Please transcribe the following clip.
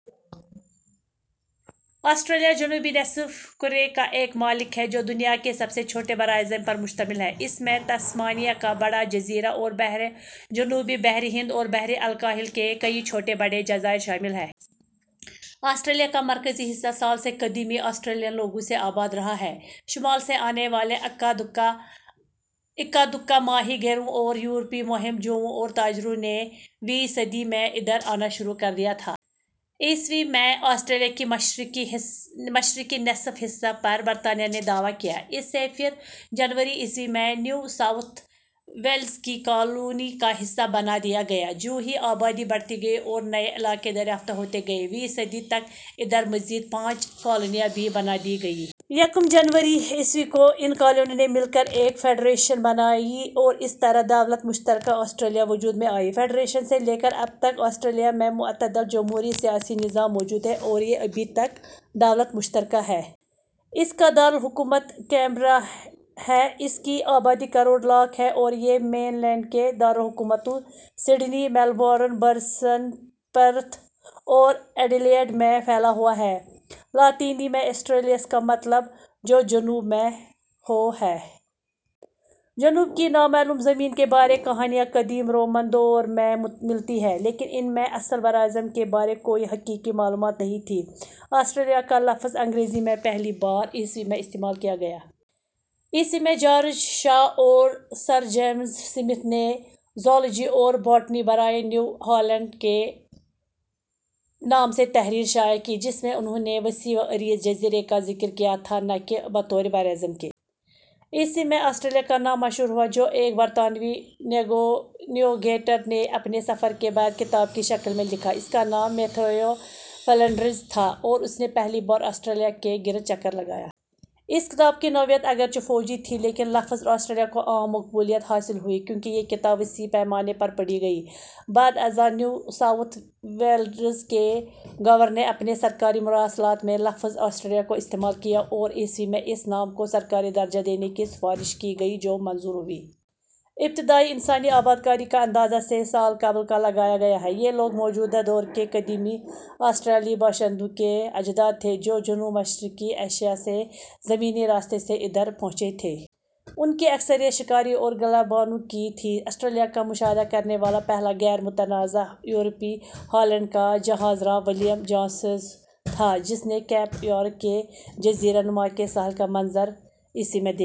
آسْٹْریلِیا جنوبی نصف کُرے کا ایک ملک ہے جو دنیا کے سب سے چھوٹے براعظم پر مشتمل ہے۔ اس میں تسمانیہ کا بڑا جزیرہ اور بحر جنوبی، بحر ہند اور بحر الکاہل کے کئی چھوٹے بڑے جزائر شامل ہیں۔ آسٹریلیا کا مرکزی حصہ سال سے قدیمی آسٹریلین لوگوں سے آباد رہا ہے۔ شمال سے آنے والے اکا دکا ماہی گیروں اور یورپی مہم جوؤں اور تاجروں نے ویں صدی میں ادھر آنا شروع کر دیا تھا۔ ءمیں، آسٹریلیا کے مشرقی نصف حصہ پر برطانیہ نے دعویٰ کیا۔ اسے پھر جنوری ء میں، نیو ساؤتھ ویلز کی کالونی کا حصہ بنا دیا گیا۔ جونہی آبادی بڑھتی گئی اور نئے علاقے دریافت ہوتے گئے، ویں صدی تک ادھر مزید پانچ کالونیاں بھی بنا دی گئیں۔ یکم جنوری ء کو، ان کالونیوں نے مل کر ایک فیڈریشن بنائی اور اس طرح دولت مشترکہ آسٹریلیا وجود میں آئی۔ فیڈریشن سے لے کر اب تک، آسٹریلیا میں معتدل جمہوری سیاسی نظام موجود ہے اور یہ ابھی تک دولت مشترکہ ہے۔ اس کا دار الحکومت کینبرا ہے۔ اس کی آبادی کروڑ لاکھ ہے اور یہ مین لینڈ کے دارلحکومتوں سڈنی ، میلبورن ، برسبن، پرتھ اور ایڈیلیڈ میں پھیلا ہوا ہے۔ لاطینی میں آسٹریلیس کا مطلب "جو جنوب میں ہو" ہے۔ جنوب کی نامعلوم زمین کے بارے کہانیاں قدیم رومن دور میں ملتی ہیں لیکن ان میں اصل براعظم کے بارے کوئی حقیقی معلومات نہیں تھیں۔ آسٹریلیا کا لفظ انگریزی میں پہلی بار ء میں استعمال کیا گیا۔ ء میں جارج شا اور سر جیمز سمتھ نے زوالوجی اور باٹنی برائے نیو ہالینڈ کے نام سے تحریر شائع کی جس میں انھوں نے وسیع و عریض جزیرے کا ذکر کیا تھا نہ کہ بطور براعظم کے۔ ء میں آسٹریلیا کا نام مشہور ہوا جو ایک برطانوی نیویگیٹر نے اپنے سفر کے بعد کتاب کی شکل میں لکھا۔ اس کا نام میتھیو فلنڈرز تھا اور اس نے پہلی بار آسٹریلیا کے گرد چکر لگایا۔ اس کتاب کی نوعیت اگرچہ فوجی تھی، لیکن لفظ "آسٹریلیا" کو عام مقبولیت حاصل ہوئی کیونکہ یہ کتاب وسیع پیمانے پر پڑھی گئی۔ بعد ازاں نیو ساوتھ ویلز کے گورنر نے اپنے سرکاری مراسلات میں لفظ "آسٹریلیا" کو استعمال کیا اور ء میں اس نام کو سرکاری درجہ دینے کی سفارش کی گئی جو منظور ہوئی۔ ابتدائی انسانی آبادکاری کا اندازہ ، سے ، سال قبل کا لگایا گیا ہے۔ یہ لوگ موجودہ دور کے قدیمی آسٹریلیائی باشندوں کے اجداد تھے جو جنوب مشرقی ایشیا سے زمینی راستے سے ادھر پہنچے تھے۔ ان کی اکثریت شکاری اور گلہ بانوں کی تھی۔ آسٹریلیا کا مشاہدہ کرنے والا پہلا غیر متنازع یورپی ہالینڈ کا جہاز راں ولیم جانسزون تھا جس نے کیپ یارک کے جزیرہ نما کے ساحل کا منظر، ء میں دیکھا۔